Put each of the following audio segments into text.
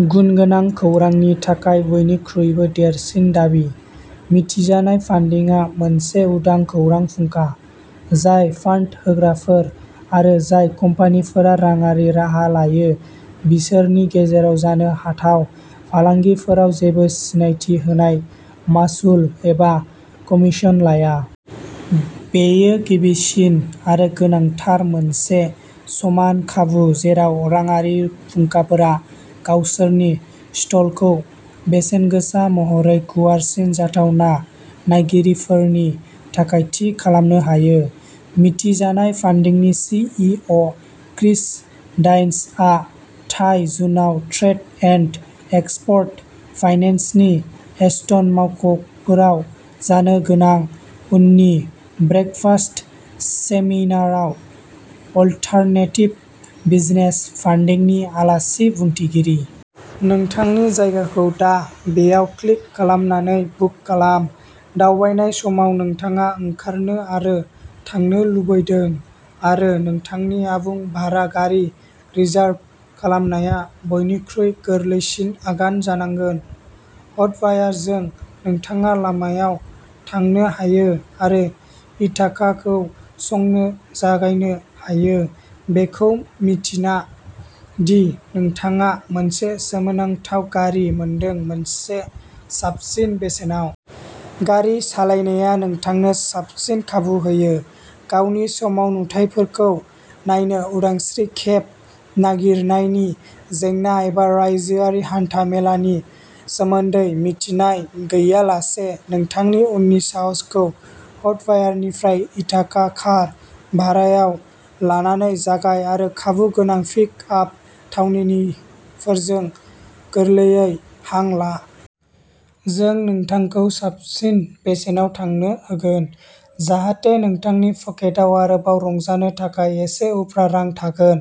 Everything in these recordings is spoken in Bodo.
गुनगोनां खौरांनि थाखाय बयनिख्रुइबो देरसिन दाबि। मिथिजानाय फान्डिंआ मोनसे उदां खौरां फुंखा, जाय फान्ड होग्राफोर आरो जाय कम्पानिफोरा राङारि राहा लायो बिसोरनि गेजेराव जानो हाथाव फालांगिफोराव जेबो सिनायथि होनाय मासुल एबा कमिसन लाया। बेयो गिबिसिन आरो गोनांथार मोनसे समान खाबु जेराव राङारि फुंखाफोरा गावसोरनि स्टलखौ बेसेनगोसा महरै गुवारसिन जाथावना नायगिरिफोरनि थाखाय थि खालामनो हायो। मिथिजानाय फान्डिंनि सि. इ. अ. क्रिस डाइन्सआ दाइन जुनआव ट्रेड एन्ड एक्सप'र्ट फाइनेन्सनि एस्टन मावख'फोराव जानो गोनां उननि ब्रेकफास्ट सेमिनारआव अलटारनेटिभ बिजनेस फान्डिंनि आलासि बुंथिगिरि। नोंथांनि जायगाखौ दा बेयाव क्लिक खालामनानै बुक खालाम। दावबायनाय समाव नोंथाङा ओंखारनो आरो थांनो लुबैदों आरो नोंथांनि आबुं भारा गारि रिजार्भ खालामनाया बयनिख्रुइ गोरलैसिन आगान जानांगोन। हटवायरजों नोंथाङा लामायाव थांनो हायो आरो इथाकाखौ संनो जागायनो हायो बेखौ मिन्थिना दि नोंथाङा मोनसे सोमोनांथाव गारि मोनदों मोनसे साबसिन बेसेनाव। गारि सालायनाया नोंथांनो साबसिन खाबु होयो। गावनि समाव नुथायफोरखौ नायनो उदांस्रि केब नागिरनायनि जेंना एबा रायजोआरि हान्था-मेलानि सोमोन्दै मिन्थिनाय गैयालासे नोंथांनि उननि साहसखौ हटवायरनिफ्राय इथाका कार भारायाव लानानै जागाय आरो खाबु गोनां पिक आप थावनिफोरजों गोरलैयै हां ला। जों नोंथांखौ साबसिन बेसेनाव थांनो होगोन। जाहाथे नोंथांनि पकेटाव आरोबाव रंजानो थाखाय एसे उफ्रा रां थागोन।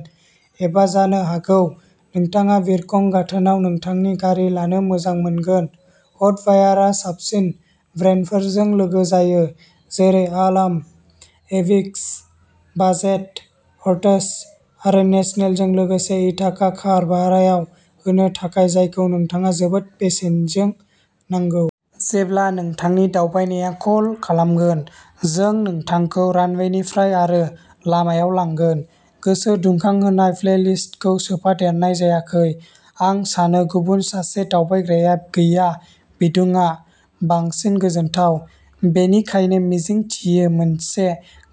एबा जानो हागौ नोंथाङा बिरखं गाथोनाव नोंथांनि गारि लानो मोजां मोनगोन? हटवायरआ साबसिन ब्रेन्डफोरजों लोगो जायो। जेरै आलाम, एविस, बाजेट, हर्टज आरो नेशनलजों लोगोसे इथाका कार भारायाव होनो थाखाय जायखौ नोंथाङा जोबोद बेसेनजों नांगौ। जेब्ला नोंथांनि दावबायनाया कल खालामगोन, जों नोंथांखौ रानवेनिफ्राय आरो लामायाव लांगोन। गोसो दुंखांहोनाय प्लेलिस्टखौ सोफादेरनाय जायाखै। आं सानो गुबुन सासे दावबायग्राया गैया‌ बिदुंआ बांसिन गोजोनथाव। बेनिखायनो मिजिंथियो मोनसे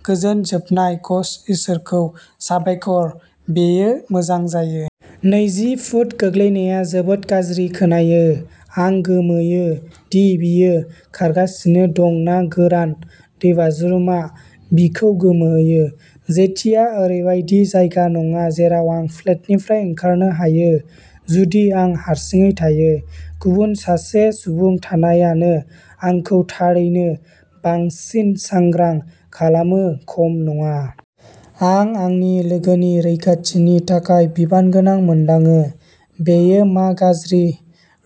गोजोन जोबनाय गश इसोरखौ साबायखर बेयो मोजां जायो। नैजि फुट गोग्लैनाया जोबोद गाज्रि खोनायो। आं गोमोयो दि बियो खारगासिनो दं ना गोरान दैबाज्रुमआ बिखौ गोमोहोयो। जेटिआ ओरैबायदि जायगा नङा जेराव आं फ्लेटनिफ्राय ओंखारनो हायो जुदि आं हारसिङै थायो। गुबुन सासे सुबुं थानायानो आंखौ थारैनो बांसिन सांग्रां खालामो खम नङा। आं आंनि लोगोनि रैखाथिनि थाखाय बिबानगोनां मोनदाङो। बेयो मा गाज्रि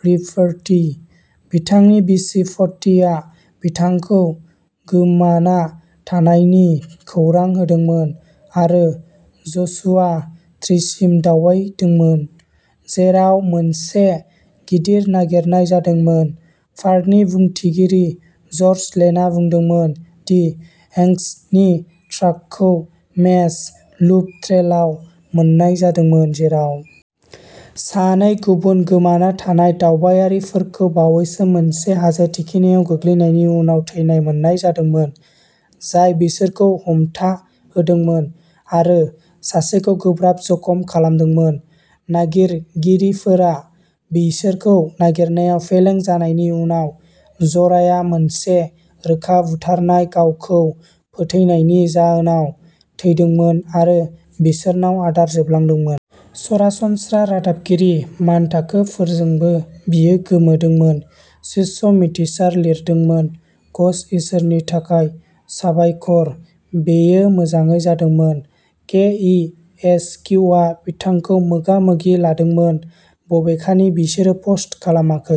रिपोर्टि? बिथांनि बिसि पट्टीआ बिथांखौ गोमाना थानायनि खौरां होदोंमोन आरो जसुवा ट्रिसिम दावबायदोंमोन, जेराव मोनसे गिदिर नागिरनाय जादोंमोन। पार्कनि बुंथिगिरि जर्ज लेन्डआ बुंदोंमोन दि हेंक्सनि ट्राकखौ मेज लुप ट्रेलआव मोननाय जादोंमोन। जेराव सानै गुबुन गोमाना थानाय दावबायारिफोरखौ बावैसो मोनसे हाजो थिखिनियाव गोग्लैनायनि उनाव थैनाय मोननाय जादोंमोन। जाय बिसोरखौ हमथाहोदोंमोन आरो सासेखौ गोब्राब जखम खालामदोंमोन। नागिरगिरिफोरा बिसोरखौ नागिरनायाव फेलें जानायनि उनाव जराया मोनसे रोखा बुथारनाय गावखौ फोथैनायनि जाहोनाव थैदोंमोन आरो बिसोरनाव आदार जोबलांदोंमोन। सरासनस्रा रादाबगिरि मानथाखोफोरजोंबो बियो गोमोदोंमोन। शिश मिथिसार लिरदोंमोन गश इसोरनि थाखाय साबायखर बेयो मोजाङै जादोंमोन। के इ एस किउआ बिथांखौ मोगा-मोगि लादोंमोन बबेखानि बिसोरो पस्ट खालामाखै।